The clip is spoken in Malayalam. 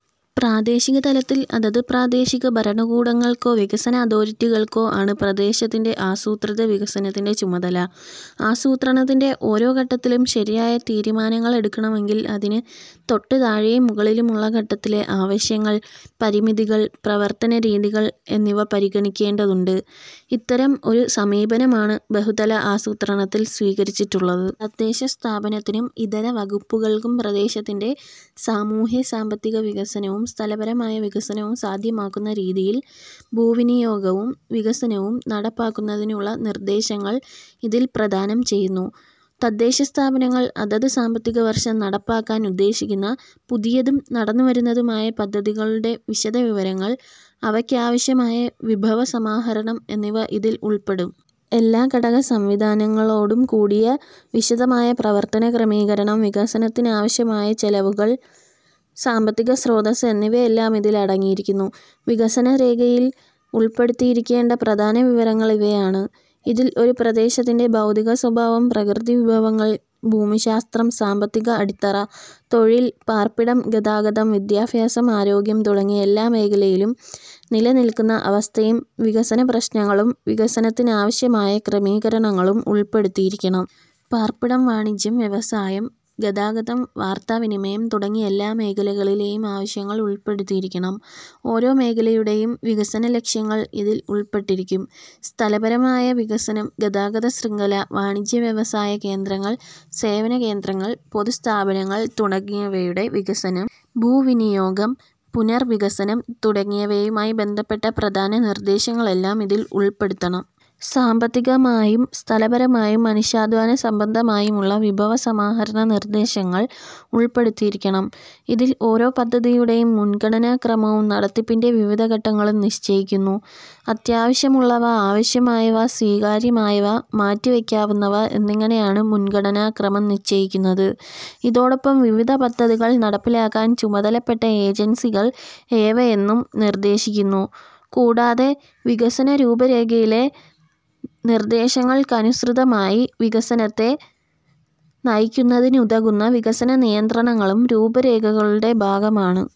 പ്രാദേശിക തലത്തിൽ അതത് പ്രാദേശിക ഭരണകൂടങ്ങൾക്കോ വികസന അതോറിറ്റികൾക്കോ ആണ് പ്രദേശത്തിന്റെ ആസൂത്രിത വികസനത്തിന്റെ ചുമതല. ആസൂത്രണത്തിന്റെ ഓരോ ഘട്ടത്തിലും ശരിയായ തീരുമാനങ്ങളെടുക്കണമെങ്കിൽ അതിന് തൊട്ടുതാഴെയും മുകളിലുമുള്ള ഘട്ടത്തിലെ ആവശ്യങ്ങൾ, പരിമിതികൾ, പ്രവർത്തന രീതികൾ എന്നിവ പരിഗണിക്കേണ്ടതുണ്ട്. ഇത്തരം ഒരു സമീപനമാണ് ബഹുതല ആസൂത്രണത്തിൽ സ്വീകരിച്ചിട്ടുള്ളത്. തദ്ദേശസ്ഥാപനത്തിനും ഇതര വകുപ്പുകൾക്കും പ്രദേശത്തിന്റെ സാമൂഹ്യ-സാമ്പത്തിക വികസനവും സ്ഥലപരമായ വികസനവും സാധ്യമാക്കുന്ന രീതിയിൽ ഭൂവിനിയോഗവും വികസനവും നടപ്പാക്കുന്നതിനുള്ള നിർദ്ദേശങ്ങൾ ഇതിൽ പ്രദാനം ചെയ്യുന്നു. തദ്ദേശസ്ഥാപനങ്ങൾ അതത് സാമ്പത്തിക വർഷം നടപ്പാക്കാൻ ഉദ്ദേശിക്കുന്ന പുതിയതും നടന്നുവരുന്നതുമായ പദ്ധതികളുടെ വിശദവിവരങ്ങൾ, അവയ്ക്കാവശ്യമായ വിഭവ സമാഹരണം എന്നിവ ഇതിൽ ഉൾപ്പെടും. എല്ലാ ഘടകസംവിധാനങ്ങളോടും കൂടിയുള്ള വിശദമായ പ്രവർത്തന ക്രമീകരണം, വികസനത്തിനാവശ്യമായ ചെലവുകൾ, സാമ്പത്തിക സ്രോതസ്സ്, എന്നിവയെല്ലാം ഇതിൽ അടങ്ങിയിരിക്കുന്നു. വികസന രേഖയിൽ ഉൾപ്പെടുത്തിയിരിക്കേണ്ട പ്രധാന വിവരങ്ങൾ ഇവയാണ്. ഇതിൽ ഒരു പ്രദേശത്തിന്റെ ഭൌതികസ്വഭാവം, പ്രകൃതിവിഭവങ്ങൾ, ഭൂമിശാസ്ത്രം, സാമ്പത്തിക അടിത്തറ, തൊഴിൽ, പാർപ്പിടം, ഗതാഗതം, വിദ്യാഭ്യാസം, ആരോഗ്യം തുടങ്ങി എല്ലാ മേഖലയിലും നിലനില്ക്കുന്ന അവസ്ഥയും വികസനപ്രശ്നങ്ങളും വികസനത്തിനാവശ്യമായ ക്രമീകരണങ്ങളും ഉൾപ്പെടുത്തിയിരിക്കണം. പാർപ്പിടം, വാണിജ്യം, വ്യവസായം, ഗതാഗതം, വാർത്താവിനിമയം തുടങ്ങി എല്ലാ മേഖലകളിലെയും ആവശ്യങ്ങൾ ഉൾപ്പെടുത്തിയിരിക്കണം. ഓരോ മേഖലയുടെയും വികസനലക്ഷ്യങ്ങൾ ഇതിൽ ഉൾപ്പെട്ടിരിക്കും. സ്ഥലപരമായ വികസനം, ഗതാഗത ശൃംഖല, വാണിജ്യ വ്യവസായ കേന്ദ്രങ്ങൾ, സേവനകേന്ദ്രങ്ങൾ, പൊതു സ്ഥാപനങ്ങൾ തുടങ്ങിയവയുടെ വികസനം; ഭൂവിനിയോഗം; പുനർവികസനം തുടങ്ങിയവയുമായി ബന്ധപ്പെട്ട പ്രധാന നിർദ്ദേശങ്ങൾ എല്ലാം ഇതിൽ ഉൾപ്പെടുത്തണം. സാമ്പത്തിമായും സ്ഥലപരമായും മനുഷ്യാധ്വാനസംബന്ധമായും ഉള്ള വിഭവ സമാഹരണനിർദ്ദേശങ്ങൾ ഉൾപ്പെടുത്തിയിരിക്കണം. ഇതിൽ ഓരോ പദ്ധതിയുടെയും മുൻഗണനാക്രമവും നടത്തിപ്പിന്റെ വിവിധ ഘട്ടങ്ങളും നിശ്ചയിക്കുന്നു. അത്യാവശ്യമുള്ളവ, ആവശ്യമായവ, സ്വീകാര്യമായവ, മാറ്റിവയ്ക്കാവുന്നവ എന്നിങ്ങനെയാണ് മുൻഗണനാ ക്രമം നിശ്ചയിക്കുന്നത്. ഇതൊടൊപ്പം വിവിധ പദ്ധതികൾ നടപ്പിലാക്കാൻ ചുമതലപ്പെട്ട ഏജൻസികൾ ഏവയെന്നും നിർദ്ദേശിക്കുന്നു. കൂടാതെ വികസനരൂപരേഖയിലെ നിർദ്ദേശങ്ങൾക്കനുസൃതമായി വികസനത്തെ നയിക്കുന്നതിനുതകുന്ന വികസന നിയന്ത്രണങ്ങളും രൂപരേഖകളുടെ ഭാഗമാണ്.